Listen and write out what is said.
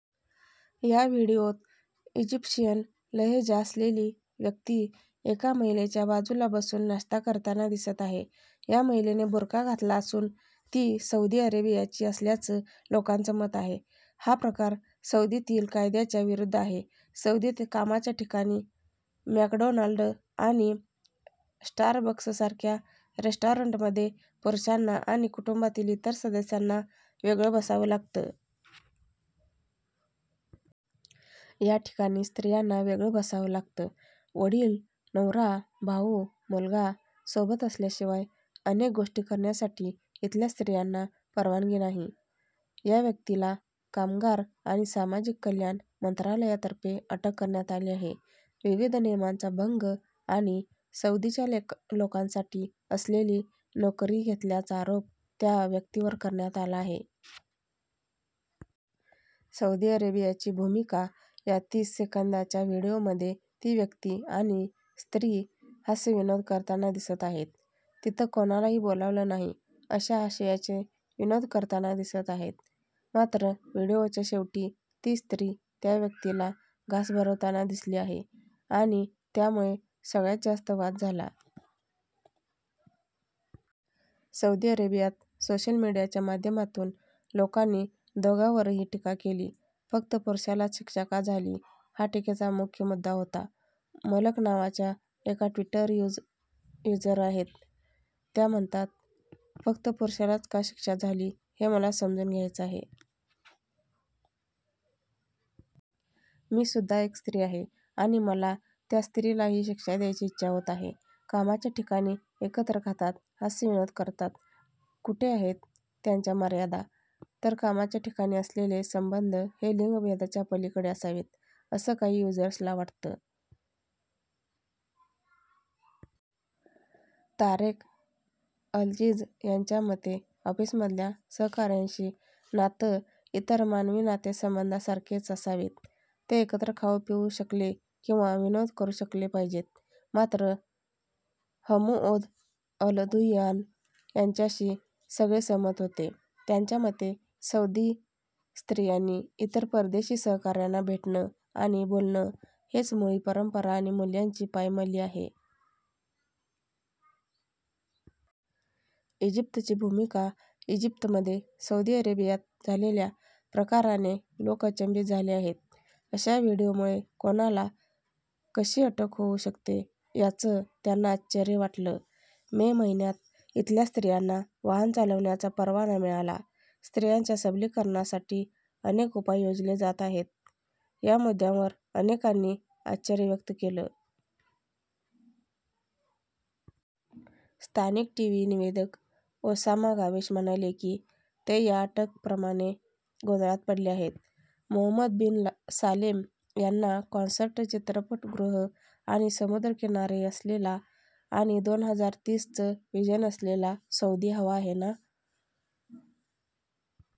या व्हीडिओत इजिप्शियन लहेजा असलेली व्यक्ती एका महिलेच्या बाजूला बसून नाश्ता करताना दिसत आहे. या महिलेने बुरखा घातला असून ती सौदी अरेबियाची असल्याचं लोकांचं मत आहे. हा प्रकार सौदीतील कायद्याच्या विरुद्ध आहे. सौदीत कामाच्या ठिकाणी, मॅकडोनाल्ड आणि स्टारबक्ससारख्या रेस्टॉरेंटमध्ये पुरुषांना आणि कुटुंबातील इतर सदस्यांना वेगळं बसावं लागतं. या ठिकाणी स्त्रियांना वेगळं बसावं लागतं. वडील, नवरा, भाऊ, मुलगा सोबत असल्याशिवाय अनेक गोष्टी करण्यासाठी इथल्या स्त्रियांना परवानगी नाही. या व्यक्तीला कामगार आणि सामाजिक कल्याण मंत्रालयातर्फे अटक करण्यात आली आहे. विविध नियमांचा भंग आणि सौदीच्या लोकांसाठी असलेली नोकरी घेतल्याचा आरोप त्या व्यक्तीवर करण्यात आला आहे. सौदी अरेबियाची भूमिका या तीस सेकंदाच्या व्हीडिओमध्ये ती व्यक्ती आणि स्त्री हास्यविनोद करताना दिसत आहेत. तिथं कोणालाही बोलावलं नाही अशा आशयाचे विनोद करताना दिसत आहेत. मात्र व्हीडिओच्या शेवटी ती स्त्री त्या व्यक्तीला घास भरवताना दिसली आहे आणि त्यामुळे सगळ्यांत जास्त वाद झाला. सौदी अरेबियात सोशल मीडियाच्या माध्यमातून लोकांनी दोघांवरही टीका केली. फक्त पुरुषालाच शिक्षा का झाली हा टीकेचा मुख्य मुद्दा होता. मलक नावाच्या एका ट्विटर युजर आहेत. त्या म्हणतात फक्त पुरुषालाच का शिक्षा झाली हे मला समजून घ्यायचं आहे. मी सुद्धा एक स्त्री आहे आणि मला त्या स्त्रीलाही शिक्षा द्यायची इच्छा होत आहे. कामाच्या ठिकाणी एकत्र खातात, हास्यविनोद करतात. कुठे आहेत त्यांच्या मर्यादा? तर कामाच्या ठिकाणी असलेले संबंध हे लिंगभेदाच्या पलीकडे असावेत असं काही युजर्सला वाटतं. तारेक अलजिज यांच्या मते ऑफिसमधल्या सहकाऱ्यांशी नातं इतर मानवी नातेसंबंधासारखेच असावेत. ते एकत्र खाऊपिऊ शकले किंवा विनोद करू शकले पाहिजेत. मात्र हमुओद अलधुइयान यांच्याशी सगळे सहमत होते. त्यांच्या मते, सौदी स्त्रियांनी इतर परदेशी सहकाऱ्यांना भेटण आणि बोलणं हेच मुळी परंपरा आणि मुल्यांची पायमल्ली आहे. इजिप्तची भूमिका इजिप्तमध्ये सौदी अरेबियात झालेल्या प्रकाराने लोक अचंबित झाले आहेत. अशा व्हीडिओमुळे कोणाला कशी अटक होऊ शकते याचं त्यांना आश्चर्य वाटलं. मे महिन्यात इथल्या स्त्रियांना वाहन चालवण्याचा परवाना मिळाला. स्त्रियांच्या सबलीकरणासाठी अनेक उपाय योजले जात आहेत, या मुद्दयांवर अनेकांनी आश्चर्य व्यक्त केलं. स्थानिक टीव्ही निवदेक ओसामा गावेश म्हणाले की ते या अटकप्रकरणाने गोंधळात पडले आहेत. मोहम्मद बिन सालेम यांना कॉन्सर्ट, चित्रपटगृह आणि समुद्रकिनारे असलेला आणि दोन हजार तीस चं व्हिजन असलेला सौदी हवा आहे ना?